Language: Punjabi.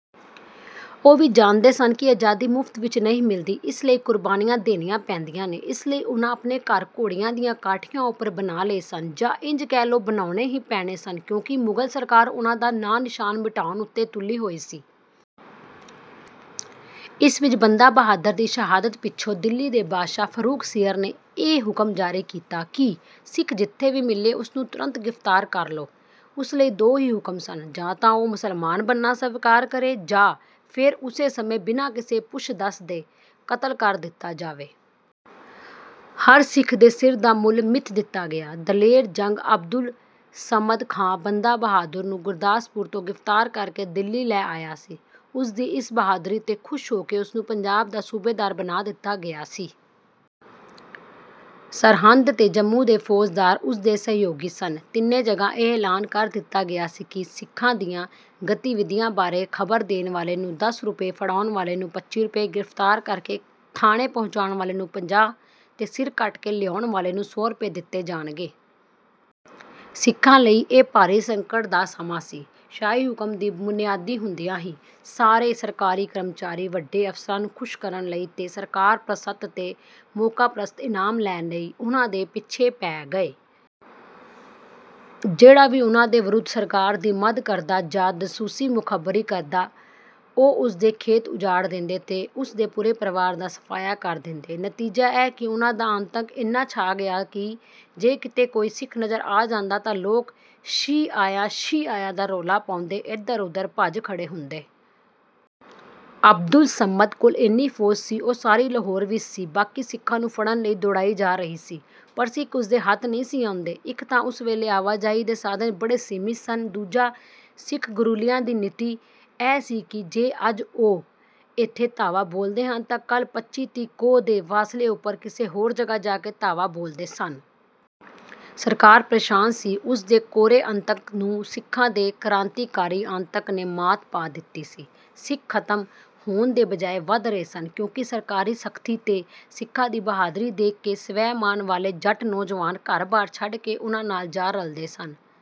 ਉਹ ਵੀ ਜਾਣਦੇ ਸਨ ਕਿ ਆਜ਼ਾਦੀ ਮੁਫ਼ਤ ਵਿੱਚ ਨਹੀਂ ਮਿਲਦੀ ਇਸ ਲਈ ਕੁਰਬਾਨੀਆਂ ਦੇਣੀਆਂ ਪੈਂਦੀਆਂ ਨੇ। ਇਸ ਲਈ ਉਹਨਾਂ ਆਪਣੇ ਘਰ ਘੋੜਿਆਂ ਦੀਆਂ ਕਾਠੀਆਂ ਉੱਪਰ ਬਣਾ ਲਏ ਸਨ ਜਾਂ ਇੰਜ ਕਹਿ ਲਓ ਬਣਾਉਣੇ ਹੀ ਪੈਣੇ ਸਨ ਕਿਉਂਕਿ ਮੁਗਲ ਸਰਕਾਰ ਉਹਨਾਂ ਦਾ ਨਾਂ-ਨਿਸ਼ਾਨ ਮਿਟਾਉਣ ਉੱਤੇ ਤੁਲੀ ਹੋਈ ਸੀ। ਇਸ ਵਿੱਚ ਬੰਦਾ ਬਹਾਦਰ ਦੀ ਸ਼ਹਾਦਤ ਪਿੱਛੋਂ ਦਿੱਲੀ ਦੇ ਬਾਦਸ਼ਾਹ ਫਰੂੱਖ਼ ਸੀਯਰ ਨੇ ਇਹ ਹੁਕਮ ਜਾਰੀ ਕੀਤਾ ਕਿ ਸਿੱਖ ਜਿੱਥੇ ਵੀ ਮਿਲੇ ਉਸਨੂੰ ਤੁਰੰਤ ਗਿਰਫ਼ਤਾਰ ਕਰ ਲਓ। ਉਸ ਲਈ ਦੋ ਹੀ ਹੁਕਮ ਸਨ: ਜਾਂ ਤਾਂ ਉਹ ਮੁਸਲਮਾਨ ਬਣਨਾ ਸਵੀਕਾਰ ਕਰੇ ਜਾਂ ਫੇਰ ਉਸੇ ਸਮੇਂ ਬਿਨਾਂ ਕਿਸੇ ਪੁੱਛ-ਦੱਸ ਦੇ ਕਤਲ ਕਰ ਦਿੱਤਾ ਜਾਵੇ। ਹਰ ਸਿੱਖ ਦੇ ਸਿਰ ਦਾ ਮੁੱਲ ਮਿਥ ਦਿੱਤਾ ਗਿਆ। ਦਲੇਰ ਜੰਗ ਅਬਦੁਲ ਸਮਦ ਖਾਂ ਬੰਦਾ ਬਹਾਦੁਰ ਨੂੰ ਗੁਰਦਾਸਪੁਰ ਤੋਂ ਗਿਰਫ਼ਤਾਰ ਕਰਕੇ ਦਿੱਲੀ ਲੈ ਆਇਆ ਸੀ। ਉਸ ਦੀ ਇਸ ਬਹਾਦਰੀ 'ਤੇ ਖੁਸ਼ ਹੋ ਕੇ ਉਸਨੂੰ ਪੰਜਾਬ ਦਾ ਸੂਬੇਦਾਰ ਬਣਾ ਦਿੱਤਾ ਗਿਆ ਸੀ। ਸਰਹੰਦ ਤੇ ਜੰਮੂ ਦੇ ਫੌਜਦਾਰ ਉਸ ਦੇ ਸਹਿਯੋਗੀ ਸਨ। ਤਿੰਨੇ ਜਗ੍ਹਾ ਇਹ ਐਲਾਨ ਕਰ ਦਿੱਤਾ ਗਿਆ ਸੀ ਕਿ ਸਿੱਖਾਂ ਦੀਆਂ ਗਤੀਵਿਧੀਆਂ ਬਾਰੇ ਖਬਰ ਦੇਣ ਵਾਲੇ ਨੂੰ ਦਸ ਰੁਪਏ, ਫੜਾਉਣ ਵਾਲੇ ਨੂੰ ਪੱਚੀ ਰੁਪਏ, ਗਿਰਫ਼ਤਾਰ ਕਰਕੇ ਥਾਨੇ ਪਹੁੰਚਾਉਣ ਵਾਲੇ ਨੂੰ ਪੰਜਾਹ ਤੇ ਸਿਰ ਕੱਟ ਕੇ ਲਿਆਉਣ ਵਾਲੇ ਨੂੰ ਸੌ ਰੁਪਏ ਦਿੱਤੇ ਜਾਣਗੇ। ਸਿੱਖਾਂ ਲਈ ਇਹ ਭਾਰੀ ਸੰਕਟ ਦਾ ਸਮਾਂ ਸੀ। ਸ਼ਾਹੀ ਹੁਕਮ ਦੀ ਮੁਨਿਆਦੀ ਹੁੰਦਿਆਂ ਹੀ ਸਾਰੇ ਸਰਕਾਰੀ ਕਰਮਚਾਰੀ ਵੱਡੇ ਅਫਸਰਾਂ ਨੂੰ ਖੁਸ਼ ਕਰਨ ਲਈ ਤੇ ਸਰਕਾਰ-ਪ੍ਰਸਤ ਤੇ ਮੌਕਾ-ਪ੍ਰਸਤ ਇਨਾਮ ਲੈਣ ਲਈ ਉਹਨਾਂ ਦੇ ਪਿੱਛੇ ਪੈ ਗਏ। ਜਿਹੜਾ ਵੀ ਉਹਨਾਂ ਦੇ ਵਿਰੁੱਧ ਸਰਕਾਰ ਦੀ ਮਦ ਕਰਦਾ ਜਾਂ ਜਾਸੂਸੀ ਮੁਖਬਰੀ ਕਰਦਾ ਉਹ ਉਸਦੇ ਖੇਤ ਉਜਾੜ ਦਿੰਦੇ ਤੇ ਉਸਦੇ ਪੂਰੇ ਪਰਿਵਾਰ ਦਾ ਸਫਾਇਆ ਕਰ ਦਿੰਦੇ। ਨਤੀਜਾ ਇਹ ਕਿ ਉਹਨਾਂ ਦਾ ਆਤੰਕ ਇੰਨਾ ਛਾ ਗਿਆ ਕਿ ਜੇ ਕਿਤੇ ਕੋਈ ਸਿੱਖ ਨਜ਼ਰ ਆ ਜਾਂਦਾ ਤਾਂ ਲੋਕ 'ਸ਼ੀਹ ਆਇਆ ਸ਼ੀਹ ਆਇਆ' ਦਾ ਰੌਲਾ ਪਾਉਂਦੇ ਏਧਰ-ਉਧਰ ਭੱਜ ਖੜ੍ਹੇ ਹੁੰਦੇ। ਅਬਦੁੱਲ ਸਮਦ ਕੋਲ ਇਨੀ ਫੌਜ ਸੀ ਉਹ ਸਾਰੀ ਲਾਹੌਰ ਵਿੱਚ ਸੀ ਬਾਕੀ ਸਿੱਖਾਂ ਨੂੰ ਫੜ੍ਹਨ ਲਈ ਦੌੜਾਈ ਜਾ ਰਹੀ ਸੀ ਪਰ ਸਿੱਖ ਉਸਦੇ ਹੱਥ ਨਹੀਂ ਸੀ ਆਉਂਦੇ। ਇੱਕ ਤਾਂ ਉਸ ਵੇਲੇ ਆਵਾਜਾਈ ਦੇ ਸਾਧਨ ਬੜੇ ਸੀਮਿਤ ਸਨ ਦੂਜਾ ਸਿੱਖ ਗੁਰੀਲਿਆਂ ਦੀ ਨੀਤੀ ਇਹ ਸੀ ਕਿ ਜੇ ਅੱਜ ਉਹ ਇੱਥੇ ਧਾਵਾ ਬੋਲਦੇ ਹਨ ਤਾਂ ਕੱਲ੍ਹ ਪੱਚੀ-ਤੀਹ ਕੋਹ ਦੇ ਫਾਸਲੇ ਉੱਪਰ ਕਿਸੇ ਹੋਰ ਜਗ੍ਹਾ ਜਾ ਕੇ ਧਾਵਾ ਬੋਲਦੇ ਸਨ। ਸਰਕਾਰ ਪ੍ਰੇਸ਼ਾਨ ਸੀ। ਉਸ ਦੇ ਕੋਰੇ-ਅਤੰਕ ਨੂੰ ਸਿੱਖਾਂ ਦੇ ਕਰਾਂਤੀਕਾਰੀ-ਆਤੰਕ ਨੇ ਮਾਤ ਪਾ ਦਿੱਤੀ ਸੀ। ਸਿੱਖ ਖਤਮ ਹੋਣ ਦੇ ਬਜਾਏ ਵਧ ਰਹੇ ਸਨ ਕਿਉਂਕਿ ਸਰਕਾਰੀ ਸਖਤੀ ਤੇ ਸਿੱਖਾਂ ਦੀ ਬਹਾਦਰੀ ਦੇਖ ਕੇ ਸਵੈਮਾਨ ਵਾਲੇ ਜਾਟ ਨੌਜਵਾਨ ਘਰ-ਬਾਰ ਛੱਡ ਕੇ ਉਹਨਾਂ ਨਾਲ ਜਾ ਰਲਦੇ ਸਨ।